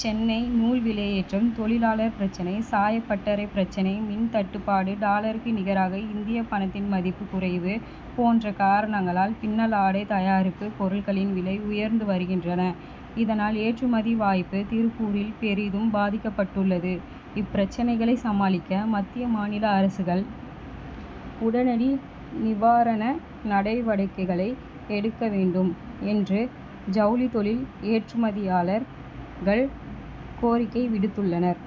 சென்னை நூல் விலையேற்றம், தொழிலாளர் பிரச்னை, சாயப்பட்டறை பிரச்னை, மின் தட்டுப்பாடு, டாலருக்கு நிகராக இந்தியப் பணத்தின் மதிப்பு குறைவு போன்ற காரணங்களால், பின்னலாடை தயாரிப்பு பொருட்களின் விலை உயர்ந்து வருகின்றன. இதனால், ஏற்றுமதி வாய்ப்பு, திருப்பூரில் பெரிதும் பாதிக்கப்பட்டுள்ளது. இப்பிரச்னைகளை சமாளிக்க மத்திய, மாநில அரசுகள் உடனடி நிவாரண நடவடிக்கைகளை எடுக்க வேண்டும் என்று, ஜவுளித் தொழில் ஏற்றுமதியாளர் கள் கோரிக்கை விடுத்துள்ளனர்.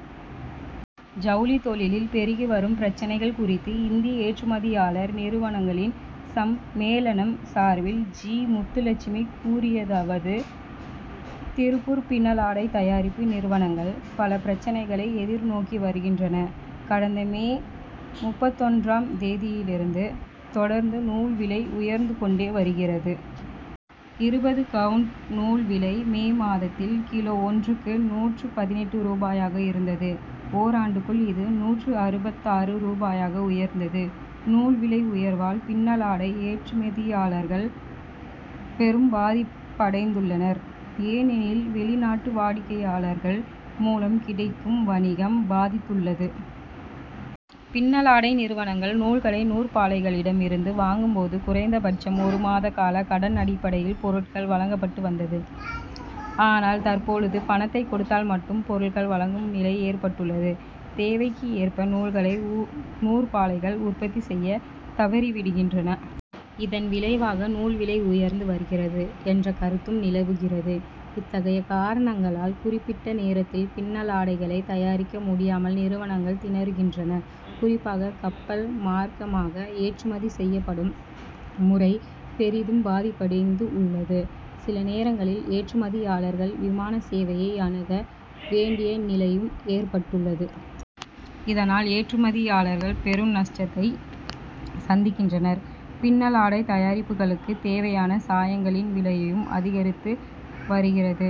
ஜவுளித் தொழிலில் பெருகி வரும் பிரச்னைகள் குறித்து, இந்திய ஏற்றுமதியாளர் நிறுவனங்களின் சம் மேளனம் சார்பில் ஜி. முத்துலட்சுமி கூறியதாவது: திருப்பூர் பின்னலாடை தயாரிப்பு நிறுவனங்கள், பல பிரச்னைகளை எதிர் நோக்கி வருகின்றன. கடந்த, மே முப்பத்தொன்றாம் தேதியிலிருந்து தொடர்ந்து நூல் விலை உயர்ந்து கொண்டே வருகிறது. இருபது கவுண்ட் நூல் விலை, மே மாதத்தில் கிலோ ஒன்றுக்கு, நூற்று பதினெட்டு ரூபாயாக இருந்தது. ஓராண்டுக்குள் அது, நூற்று அறுபத்தாறு ரூபாயாக உயர்ந்தது. நூல் விலை உயர்வால், பின்னலாடை ஏற்றுமதியாளர்கள் பெரும் பாதிப்படைந்துள் ளனர். ஏனெனில், வெளிநாட்டு வாடிக்கையாளர் கள் மூலம் கிடைக்கும் வணிகம் பாதித்துள்ளது. பின்னலாடை நிறுவனங்கள் நூல்களை நூற்பாலைகளிடம் இருந்து வாங் கும்போது, குறைந்த பட்சம் ஒரு மாதகால கடன் அடிப்படையில் பொருட் கள் வழங்கப்பட்டு வந்தது. ஆனால் தற்போது, பணத்தை கொடுத்தால் மட்டுமே பொருள் வழங் கும் நிலை ஏற்பட்டுள்ளது. தேவைக்கு ஏற்ப நூல்களை நூற்பாலைகள் உற்பத்தி செய்யத் தவறிவிடுகின்றன. இதன் விளைவாக, நூல் விலை உயர்ந்து வருகிறது என்ற கருத்தும் நிலவுகிறது. இத்தகைய காரணங் களால் குறிப்பிட்ட நேரத் தில் பின்னலாடைகளை தயாரிக்க முடியாமல் நிறுவனங்கள் திணறுகின்றன. குறிப்பாக, கப்பல் மார்க்கமாக ஏற்றுமதி செய்யப்படும் முறை பெரிதும் பாதிப்பு அடைந்துள்ளது. சில நேரங்களில் ஏற்றுமதியாளர்கள் விமான சேவையை அணுக வேண் டிய நிலையும் ஏற்பட் டுள்ளது. இதனால் ஏற்றுமதியாளர்கள் பெரும் நஷ் டத்தை சந்திக்கின்றனர். பின்னலாடை தயாரிப்புகளுக்குத் தேவையான சாயங்களின் விலையும் அதிகரித்து வருகிறது.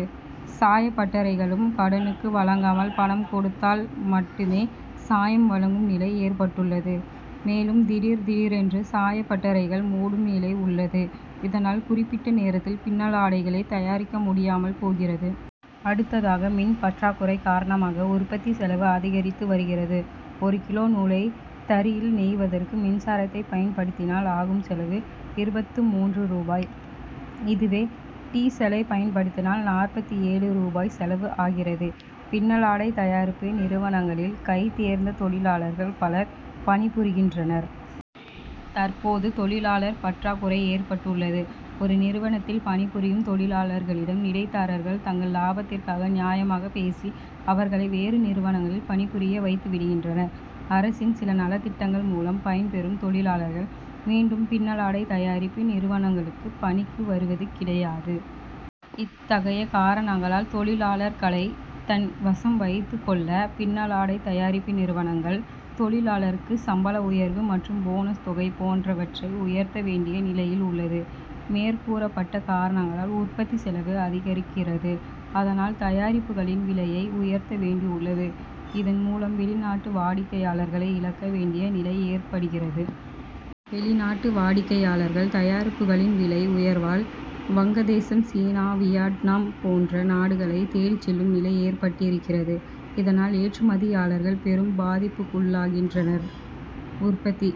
சாயப்பட்டறைகளும் கடனுக்கு வழங்காமல் பணம் கொடுத்தால் மட்டுமே சாயம் வழங்கும் நிலை ஏற்பட்டுள்ளது. மேலும், திடீர் திடீரென்று சாயப்பட்டறைகள் மூடப்படும் நிலை உள் ளது. இதனால் குறிப்பிட்ட நேரத்தில் பின்னலாடைகளை தயாரிக்க முடியாமல் போகிறது. அடுத்ததாக, மின் பற் றாக்குறை காரணமாக உற் பத்தி செலவு அதிகரித்து வருகிறது. ஒரு கிலோ நூலை, தறியில் நெய்வதற்கு மின்சாரத்தைப் பயன்படுத்தினால் ஆகும் செலவு இருபத்து மூன்று ரூபாய். அதுவே, டீசலை பயன்படுத்தினால் நாற்பத்து ஏழு ரூபாய் செலவு ஆகிறது. பின்னலாடை தயாரிப்பு நிறுவனங்களில் கை தேர்ந்த தொழிலாளர்கள் பலர் பணிபுரிகின்றனர். தற்போது தொழிலாளர் பற்றாக் குறை ஏற்பட்டுள்ளது. ஒரு நிறுவனத்தில் பணிபுரியும் தொழிலாளர்களிடம் இடைத்தரகர்கள் தங்கள் லாபத் திற்காக நயமாகப் பேசி அவர்களை வேறு நிறுவனங்களில் பணிபுரிய வைத்து வருகின்றனர். அரசின் சில நலத் திட்டங்கள் மூலம் பயன் பெறும் தொழிலாளர்கள், மீண்டும் பின்னலாடை தயாரிப்பு நிறுவனங்களுக் குப் பணிக்கு வருவது கிடையாது. இத்தகைய காரணங்களால், தொழிலாளர் களை தன் வசம் வைத்துக் கொள்ள பின்னலாடைத் தயாரிப்பு நிறுவனங்கள், தொழிலாளர்களுக்கு சம்பள உயர்வு மற்றும் போனஸ் தொகை போன்றவற்றை உயர்த்த வேண்டிய நிலையில் உள்ளன. மேற்கூறப்பட்ட காரணங்களால் உற்பத்தி செலவு அதிகரிக்கிறது. அதனால், தயாரிப்புகளின் விலையை உயர்த்த வேண்டியுள்ளது. இதன் மூலம் வெளிநாட்டு வாடிக் கையாளர்களை இழக்க வேண்டிய நிலை ஏற்படுகிறது. வெளிநாட்டு வாடிக்கையாளர்கள், தயாரிப்புகளின் விலை உயர்வால், வங்கதேசம், சீனா, வியட்நாம் போன்ற நாடுகளைத் தேடிச் செல்லும் நிலை ஏற்பட்டிருக்கிறது. இதனால், ஏற்றுமதியாளர்கள் பெரும் பாதிப்புக்குள்ளாகின்றனர். உற்பத்தி